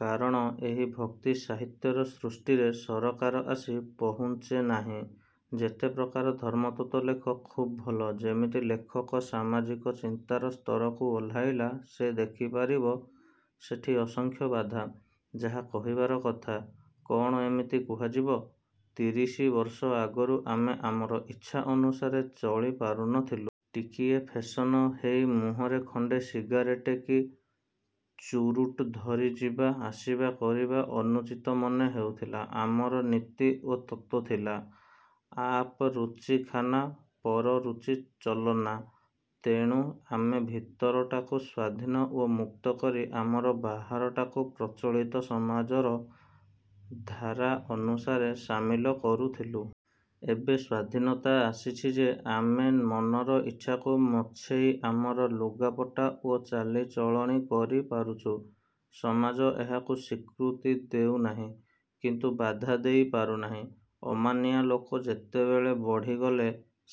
କାରଣ ଏହି ଭକ୍ତି ସାହିତ୍ୟର ସୃଷ୍ଟିରେ ସରକାର ଆସି ପହୁଞ୍ଚେ ନାହିଁ। ଯେତେ ପ୍ରକାର ଧର୍ମତତ୍ତ୍ୱ ଲେଖ-ଖୁବ୍ ଭଲ। ଯେମିତି ଲେଖକ ସାମାଜିକ ଚିନ୍ତାର ସ୍ତରକୁ ଓହ୍ଲାଇଲା ସେ ଦେଖି ପାରିବ ସେଠି ଅସଂଖ୍ୟ ବାଧା। ଯାହା କହିବାର କଥା-କ'ଣ ଏମିତି କୁହାଯିବ? ତିରିଶିବର୍ଷ ଆଗରୁ ଆମେ ଆମର ଇଚ୍ଛା ଅନୁସାରେ ଚଳିପାରୁ ନଥିଲୁ। ଟିକିଏ ଫେସନ ହେଇ ମୂହଁରେ ଖଣ୍ତେ ସିଗାରେଟ୍ କି ଚୁରୁଟ୍ ଧରି ଯିବା ଆସିବା କରିବା ଅନୁଚିତ ମନେ ହେଉଥିଲା। ଆମର ନୀତି ଓ ତତ୍ତ୍ୱ ଥିଲା-ଆପ୍ ରୁଚି ଖାନା, ପର ରୁଚି ଚଲନା। ତେଣୁ ଆମେ ଭିତରଟାକୁ ସ୍ୱାଧୀନ ଓ ମୂକ୍ତ କରି ଆମର ବାହାରଟାକୁ ପ୍ରଚଳିତ ସମାଜର ଧାରା ଅନୁସାରେ ସାମିଲ କରୁଥିଲୁ। ଏବେ ସ୍ୱାଧୀନତା ଆସିଛି ଯେ ଆମେ ମନର ଇଚ୍ଛାକୁ ମଛେଇ ଆମର ଲୁଗାପଟା ଓ ଚାଲିଚଳଣୀ କରିପାରୁଛୁ। ସମାଜ ଏହାକୁ ସ୍ୱୀକୃତି ଦେଉ ନାହିଁ। କିନ୍ତୁ ବାଧା ଦେଇ ପାରୁନାହିଁ। ଅମାନିଆ ଲୋକ ଯେତେବେଳେ ବଢ଼ିଗଲେ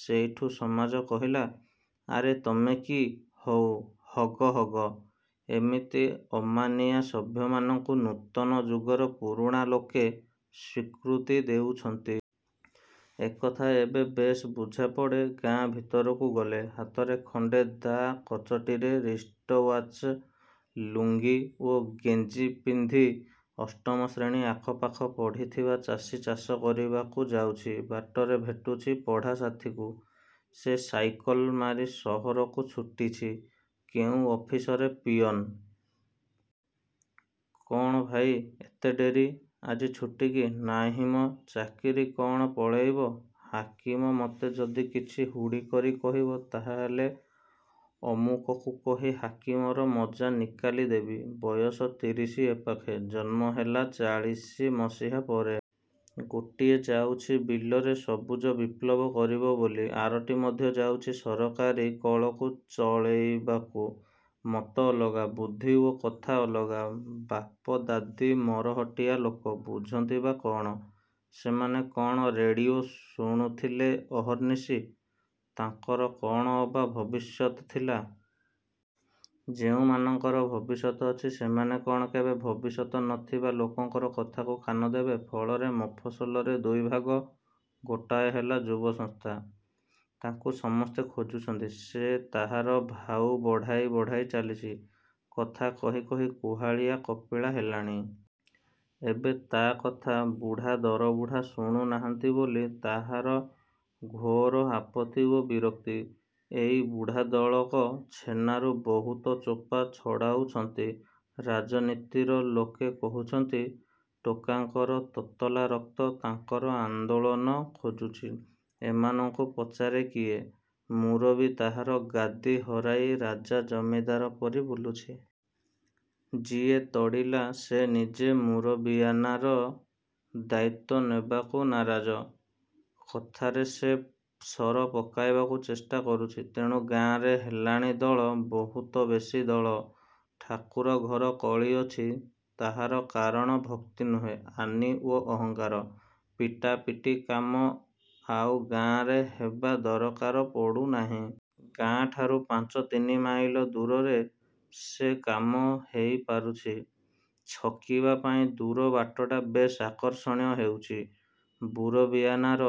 ସେଇଠୁ ସମାଜ କହିଲା। -ଆରେ ତମେ କି? ହଉ, ହଗ, ହଗ- ଏମିତି ଅମାନିଆ ସଭ୍ୟମାନଙ୍କୁ ନୂତନ ଯୁଗର ପୁରୁଣା ଲୋକେ ସ୍ୱୀକୃତି ଦେଉଛନ୍ତି। ଏକଥା ଏବେ ବେଶ୍ ବୁଝାପଡ଼େ ଗାଁ ଭିତରକୁ ଗଲେ। ହାତରେ ଖଣ୍ତେ ଦା, କଚଟିରେ ରିଷ୍ଟୱାଚ୍, ଲୁଙ୍ଗି ଓ ଗେଞ୍ଜି ପିନ୍ଧି ଅଷ୍ଟମ ଶ୍ରେଣୀ ଆଖପାଖ ପଢ଼ିଥିବା ଚାଷୀ ଚାଷ କରିବାକୁ ଯାଉଛି। ବାଟରେ ଭେଟୁଛି ପଢ଼ାସାଥିକୁ-ସେ ସାଇକଲ୍ ମାରି ସହରକୁ ଛୁଟିଛି। କେଉଁ ଅଫିସରେ ପିଅନ୍। -କ'ଣ ଭାଇ, ଏତେ ଡ଼େରି? ଆଜି ଛୁଟି କି? -ନାହିଁ ମ, ଚାକିରି କ'ଣ ପଳେଇବ? ହାକିମ ମତେ ଯଦି କିଛି ହୁଡ଼ି କରି କହିବ ତାହାହେଲେ ଅମୂକକୁ କହି ହାକିମର ମଜ୍ଜା ନିକାଲି ଦେବି। ବୟସ ତିରିଶି ଏପାଖେ-ଜନ୍ମ ହେଲା ଚାଳିଶି ମସିହା ପରେ। ଗୋଟିଏ ଯାଉଛି ବିଲରେ ସବୁଜ ବିପ୍ଳବ କରିବ ବୋଲି। ଆରଟି ମଧ୍ୟ ଯାଉଛି ସରକାରୀ କଳକୁ ଚଳେଇବାକୁ। ମତ ଅଲଗା-ବୁଦ୍ଧି ଓ କଥା ଅଲଗା। ବାପଦାଦି ମରହଟିଆ ଲୋକ। ବୁଝିନ୍ତି ବା କ'ଣ-? ସେମାନେ କ'ଣ ରେଡ଼ିଓ ଶୁଣୁଥିଲେ ଅହର୍ନିଶି? ତାଙ୍କର କ'ଣ ଅବା ଭବିଷ୍ୟତ୍ ଥିଲା-? ଯେଉଁମାନଙ୍କର ଭବିଷ୍ୟତ ଅଛି ସେମାନେ କ'ଣ କେବେ ଭବିଷ୍ୟତ ନ ଥିବା ଲୋକଙ୍କର କଥାକୁ କାନ ଦେବେ? ଫଳରେ ମଫସଲରେ ଦୁଇଭାଗ-ଗୋଟାଏ ହେଲା ଯୁବ-ସଂସ୍ଥା। ତାଙ୍କୁ ସମସ୍ତେ ଖୋଜୁଛନ୍ତି। ସେ ତାହାର ଭାଉ ବଢ଼ାଇ ବଢ଼ାଇ ଚାଲିଛି। କଥା କହି କହି କୁହାଳିଆ କପିଳା ହେଲାଣି। ଏବେ ତା'କଥା ବୁଢ଼ା ଦରବୁଢ଼ା ଶୁଣୁ ନାହାନ୍ତି ବୋଲି ତାହାର ଘୋର ଆପତ୍ତି ଓ ବିରକ୍ତି। ଏଇ ବୁଢ଼ାଦଳକ ଛେନାରୁ ବହୁତ ଚୋପା ଛଡ଼ାଉଛନ୍ତି। ରାଜନୀତିର ଲୋକେ କହୁଛନ୍ତି-ଟୋକାଙ୍କର ତତଲା ରକ୍ତ ତାଙ୍କର ଆନ୍ଦୋଳନ ଖୋଜୁଛି। ଏମାନଙ୍କୁ ପଚାରେ କିଏ? ମୁରବି ତାହାର ଗାଦି ହରାଇ ରାଜା ଜମିଦାର ପରି ବୁଲୁଛି। ଯିଏ ତଡ଼ିଲା ସେ ନିଜେ ମୁରବିଆନାର ଦାୟିତ୍ୱ ନେବାକୁ ନାରାଜ। କଥାରେ ସେ ସର ପକାଇବାକୁ ଚେଷ୍ଟା କରୁଛି। ତେଣୁ ଗାଁରେ ହେଲାଣି ଦଳ-ବହୁତ ବେଶି ଦଳ। ଠାକୁର ଘର କଳି ଅଛି-ତାହାର କାରଣ ଭକ୍ତି ନୁହେଁ-ଆନି ଓ ଅହଙ୍କାର। ପିଟାପିଟି କାମ ଆଉ ଗାଁରେ ହେବା ଦରକାର ପଡ଼ୁନାହିଁ। ଗାଁଠାରୁ ପାଞ୍ଚ ତିନି ମାଇଲ ଦୂରରେ ସେ କାମ ହେଇପାରୁଛି। ଛକିବା ପାଇଁ ଦୂର ବାଟଟା ବେଶ୍ ଆକର୍ଷଣୀୟ ହେଉଛି। ବୁରବିଆାନାର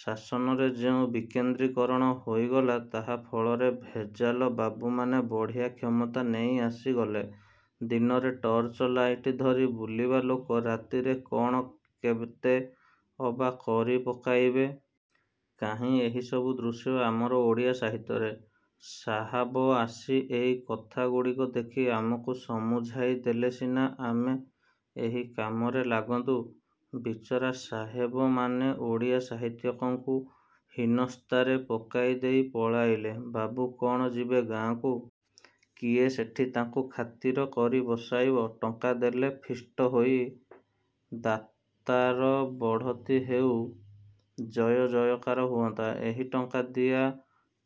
ଶାସନରେ ଯେଉଁ ବିକେନ୍ଦ୍ରିକରଣ ହୋଇଗଲା ତାହାଫଳରେ ଭେଜାଲ ବାବୁମାନେ ବଢ଼ିଆ କ୍ଷମତା ନେଇ ଆସିଗଲେ। ଦିନରେ ଟର୍ଚ୍ଚ ଲାଇଟ୍ ଧରି ବୁଲିବା ଲୋକ ରାତିରେ କ'ଣ କେତେ ଅବା କରି ପକାଇବେ? କାହିଁ ଏହି ସବୁ ଦୃଶ୍ୟ ଆମର ଓଡ଼ିଆ ସାହିତ୍ୟରେ? ସାହାବ ଆସି ଏଇ କଥା ଗୁଡ଼ିକ ଦେଖି ଆମକୁ ସମୁଝାଇ ଦେଲେ ସିନା ଆମେ ଏହି କାମରେ ଲାଗନ୍ତୁ। ବିଚରା ସାହେବମାନେ ଓଡ଼ିଆ ସାହିତ୍ୟିକଙ୍କୁ ହିନସ୍ତାରେ ପକାଇ ଦେଇ ପଳାଇଲେ। ବାବୁ କ'ଣ ଯିବେ ଗାଁକୁ? କିଏ ସେଠି ତାଙ୍କୁ ଖାତିର କରି ବସାଇବ? ଟଙ୍କା ଦେଲେ ଫିଷ୍ଟ ହୋଇ-ଦାତାର ବଢ଼ତି ହେଉ-ଜୟ ଜୟକାର ହୁଅନ୍ତା। ଏହି ଟଙ୍କା ଦିଆ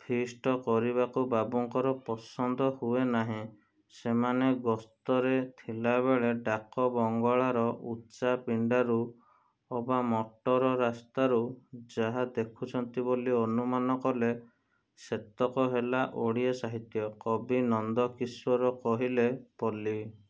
ଫିଷ୍ଟ କରିବାକୁ ବାବୁଙ୍କର ପସନ୍ଦ ହୁଏ ନାହିଁ। ସେମାନେ ଗସ୍ତରେ ଥିଲା ବେଳେ ଡାକବଙ୍ଗଳାର ଉଚ୍ଚା ପିଣ୍ତାରୁ ଅବା ମଟର ରାସ୍ତାରୁ ଯାହା ଦେଖୁଛନ୍ତି ବୋଲି ଅନୁମାନ କଲେ ସେତକ ହେଲା ଓଡ଼ିଆ ସାହିତ୍ୟ। କବି ନନ୍ଦକିଶୋର କହିଲେ-ପଲ୍ଲୀ।